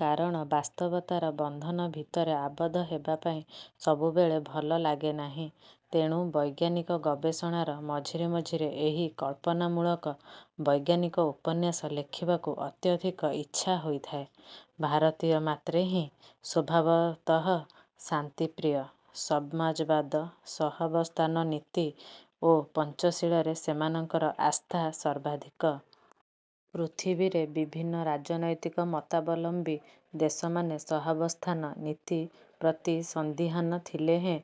କାରଣ ବାସ୍ତବତାର ବନ୍ଧନ ଭିତରେ ଆବଦ୍ଧ ହେବା ପାଇଁ ସବୁବେଳେ ଭଲ ଲାଗେ ନାହିଁ। ତେଣୁ ବୈଜ୍ଞାନିକ ଗବେଷଣାର ମଝିରେ ମଝିରେ ଏହି କଳ୍ପନାମୂଳକ ବୈଜ୍ଞାନିକ ଉପନ୍ୟାସ ଲେଖିବାକୁ ଅତ୍ୟଧିକ ଇଚ୍ଛା ହୋଇଥାଏ। ଭାରତୀୟ ମାତ୍ରେହିଁ ସ୍ୱଭାବତଃ ଶାନ୍ତିପ୍ରିୟ। ସମାଜବାଦ, ସହାବସ୍ଥାନ ନୀତି ଓ ପଞ୍ଚଶୀଳରେ ସେମାନଙ୍କର ଆସ୍ଥା ସର୍ବାଧିକ। ପୃଥିବୀରେ ବିଭିନ୍ନ ରାଜନୈତିକ ମତାବଲମ୍ୱୀ ଦେଶମାନେ ସହାବସ୍ଥାନ ନୀତି ପ୍ରତି ସନ୍ଦିହାନ ଥିଲେହେଁ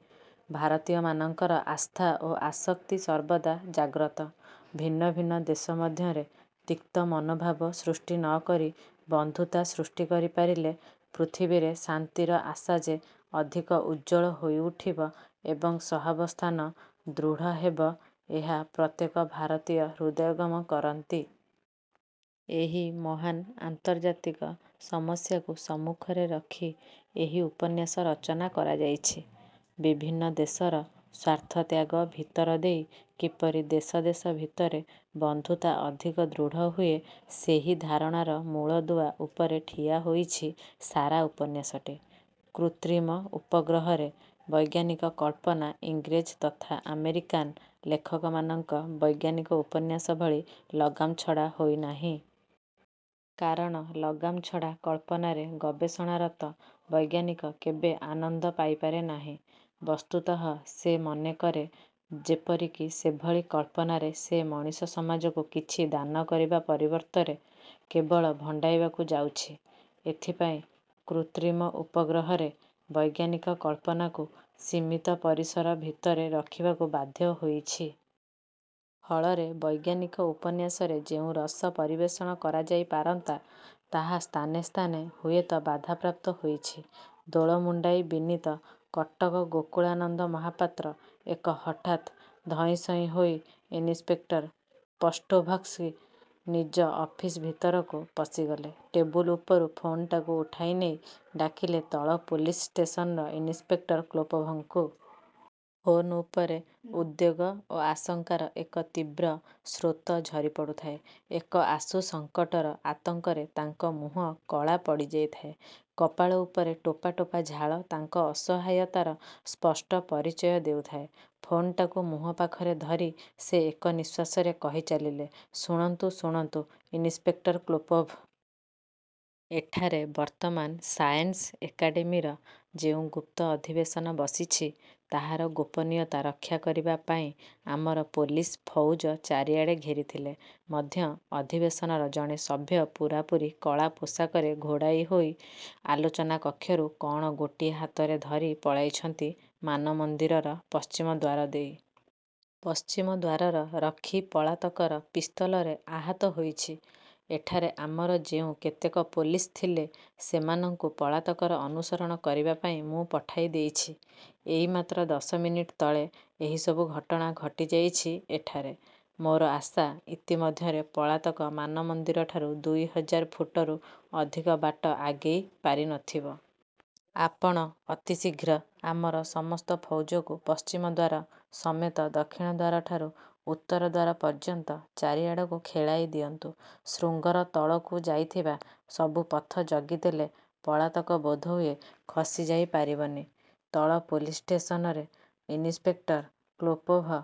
ଭାରତୀୟମାନଙ୍କର ଆସ୍ଥା ଓ ଆସକ୍ତି ସର୍ବଦା ଜାଗ୍ରତ। ଭିନ୍ନ ଭିନ୍ନ ଦେଶ ମଧ୍ୟରେ ତିକ୍ତ ମନୋଭାବ ସୃଷ୍ଟି ନ କରି ବନ୍ଧୁତା ସୃଷ୍ଟି କରିପାରିଲେ ପୃଥିବୀରେ ଶାନ୍ତିର ଆଶା ଯେ ଅଧିକ ଉଜ୍ଜ୍ୱଳ ହୋଇଉଠିବ ଏବଂ ସହାବସ୍ଥାନ ଦୃଢ଼ ହେବ, ଏହା ପ୍ରତ୍ୟେକ ଭାରତୀୟ ହୃଦୟଙ୍ଗମ କରନ୍ତି। ଏହି ମହାନ୍ ଆନ୍ତର୍ଜାତିକ ସମସ୍ୟାକୁ ସମ୍ମୁଖରେ ରଖି ଏହି ଉପନ୍ୟାସ ରଚନା କରାଯାଇଛି। ବିଭିନ୍ନ ଦେଶର ସ୍ୱାର୍ଥତ୍ୟାଗ ଭିତରଦେଇ କିପରି ଦେଶ ଦେଶ ଭିତରେ ବନ୍ଧୁତା ଅଧିକ ଦୃଢ଼ ହୁଏ ସେହି ଧାରଣାର ମୂଳଦୁଆ ଉପରେ ଠିଆହୋଇଛି ସାରା ଉପନ୍ୟାସଟି। 'କୃତ୍ରିମ ଉପଗ୍ରହ'ରେ ବୈଜ୍ଞାନିକ କଳ୍ପନା ଇଂରେଜ ତଥା ଆମେରିକାନ୍ ଲେଖକମାନଙ୍କ ବୈଜ୍ଞାନିକ ଉପନ୍ୟାସ ଭଳି ଲଗାମଛଡ଼ା ହୋଇନାହିଁ। କାରଣ ଲଗାମଛଡ଼ା କଳ୍ପନାରେ ଗବେଷଣାରତ ବୈଜ୍ଞାନିକ କେବେ ଆନନ୍ଦ ପାଇପାରେନାହିଁ। ବସ୍ତୁତଃ ସେ ମନେକରେ ଯେପରିକି ସେଭଳି କଳ୍ପନାରେ ସେ ମଣିଷସମାଜକୁ କିଛି ଦାନକରିବା ପରିବର୍ତ୍ତରେ କେବଳ ଭଣ୍ଡାଇବାକୁ ଯାଉଛି। ଏଥିପାଇଁ 'କୃତ୍ରିମ ଉପଗ୍ରହ'ରେ ବୈଜ୍ଞାନିକ କଳ୍ପନାକୁ ସୀମିତ ପରିସର ଭିତରେ ରଖିବାକୁ ବାଧ୍ୟ ହୋଇଛି। ଫଳରେ ବୈଜ୍ଞାନିକ ଉପନ୍ୟାସରେ ଯେଉଁ ରସ ପରିବେଷଣ କରାଯାଇପାରନ୍ତା, ତାହା ସ୍ଥାନେ ସ୍ଥାନେ ହୁଏତ ବାଧାପ୍ରାପ୍ତ ହୋଇଛି। ଦୋଳମୁଣ୍ଡାଇ ବିନୀତ କଟକ ଗୋକୁଳାନନ୍ଦ ମହାପାତ୍ର ଏକ ହଠାତ୍ ଧଇଁସଇଁ ହୋଇ ଇନ୍ସପେକ୍ଟର ପଷ୍ଟୋଭସ୍କି ନିଜ ଅଫିସ ଭିତରକୁ ପଶିଗଲେ। ଟେବୁଲ୍ ଉପରୁ ଫୋନ୍ଟାକୁ ଉଠାଇ ନେଇ ଡାକିଲେ ତଳ ପୋଲିସ ଷ୍ଟେସନର ଇନ୍ସପେକ୍ଟର କ୍ଲୋପୋଭ୍ଙ୍କୁ। ଫୋନ୍ ଉପରେ ଉଦ୍ବେଗ ଓ ଆଶଙ୍କାର ଏକ ତୀବ୍ର ସ୍ରୋତ ଝରିପଡ଼ୁଥାଏ। ଏକ ଆଶୁ ସଙ୍କଟର ଆତଙ୍କରେ ତାଙ୍କ ମୁହଁ କଳା ପଡ଼ିଯାଇଥାଏ। କପାଳ ଉପରେ ଟୋପା ଟୋପା ଝାଳ ତାଙ୍କ ଅସହାୟତାର ସ୍ପଷ୍ଟ ପରିଚୟ ଦେଉଥାଏ। ଫୋନ୍ଟାକୁ ମୁହଁ ପାଖରେ ଧରି ସେ ଏକନିଶ୍ୱାସରେ କହି ଚାଲିଲେ-''ଶୁଣନ୍ତୁ, ଶୁଣନ୍ତୁ ଇନ୍ସପେକ୍ଟର କ୍ଳୋପୋଭ୍। ଏଠାରେ ବର୍ତ୍ତମାନ ସାଏନ୍ସ ଏକାଡ଼େମୀର ଯେଉଁ ଗୁପ୍ତ ଅଧିବେଶନ ବସିଛି, ତାହାର ଗୋପନୀୟତା ରକ୍ଷା କରିବା ପାଇଁ ଆମର ପୋଲିସ ଫୌଜ ଚାରିଆଡ଼େ ଘେରିଥିଲେ ମଧ୍ୟ, ଅଧିବେଶନର ଜଣେ ସଭ୍ୟ ପୂରାପୂରି କଳା ପୋଷାକରେ ଘୋଡ଼ାଇହୋଇ ଆଲୋଚନାକକ୍ଷରୁ କ'ଣ ଗୋଟିଏ ହାତରେ ଧରି ପଳାଇଛନ୍ତି ମାନମନ୍ଦିରର ପଶ୍ଚିମଦ୍ୱାର ଦେଇ। ପଶ୍ଚିମଦ୍ୱାରର ରକ୍ଷୀ ପଳାତକର ପିସ୍ତଲରେ ଆହତ ହୋଇଛି। ଏଠାରେ ଆମର ଯେଉଁ କେତେକ ପୋଲିସ ଥିଲେ, ସେମାନଙ୍କୁ ପଳାତକର ଅନୁସରଣ କରିବା ପାଇଁ ମୁଁ ପଠାଇଦେଇଛି। ଏଇ ମାତ୍ର ଦଶମିନିଟ୍ ତଳେ ଏହିସବୁ ଘଟଣା ଘଟିଯାଇଛି ଏଠାରେ। ମୋର ଆଶା, ଇତି ମଧ୍ୟରେ ପଳାତକ ମାନମନ୍ଦିରଠାରୁ ଦୁଇହଜାର ଫୁଟରୁ ଅଧିକ ବାଟ ଆଗେଇ ପାରିନଥିବ। ଆପଣ ଅତିଶୀଘ୍ର ଆମର ସମସ୍ତ ଫୌଜକୁ ପଶ୍ଚିମଦ୍ୱାର ସମେତ ଦକ୍ଷିଣଦ୍ୱାରଠାରୁ ଉତ୍ତରଦ୍ୱାର ପର୍ଯ୍ୟନ୍ତ ଚାରିଆଡ଼କୁ ଖେଳାଇ ଦିଅନ୍ତୁ। ଶୃଙ୍ଗର ତଳକୁ ଯାଇଥିବା ସବୁ ପଥ ଜଗିଦେଲେ ପଳାତକ ବୋଧହୁଏ ଖସିଯାଇ ପାରିବନି। '' ତଳ ପୋଲିସ ଷ୍ଟେସନରେ ଇନ୍ସପେକ୍ଟର କ୍ଳୋପୋଭ୍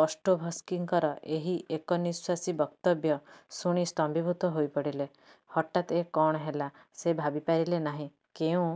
ପଷ୍ଟୋଭସ୍କିଙ୍କର ଏହି ଏକନିଶ୍ୱାସୀ ବକ୍ତବ୍ୟ ଶୁଣି ସ୍ତମ୍ଭୀଭୂତ ହୋଇପଡ଼ିଲେ। ହଠାତ୍ ଏ କ'ଣ ହେଲା ସେ ଭାବିପାରିଲେ ନାହିଁ। କେଉଁ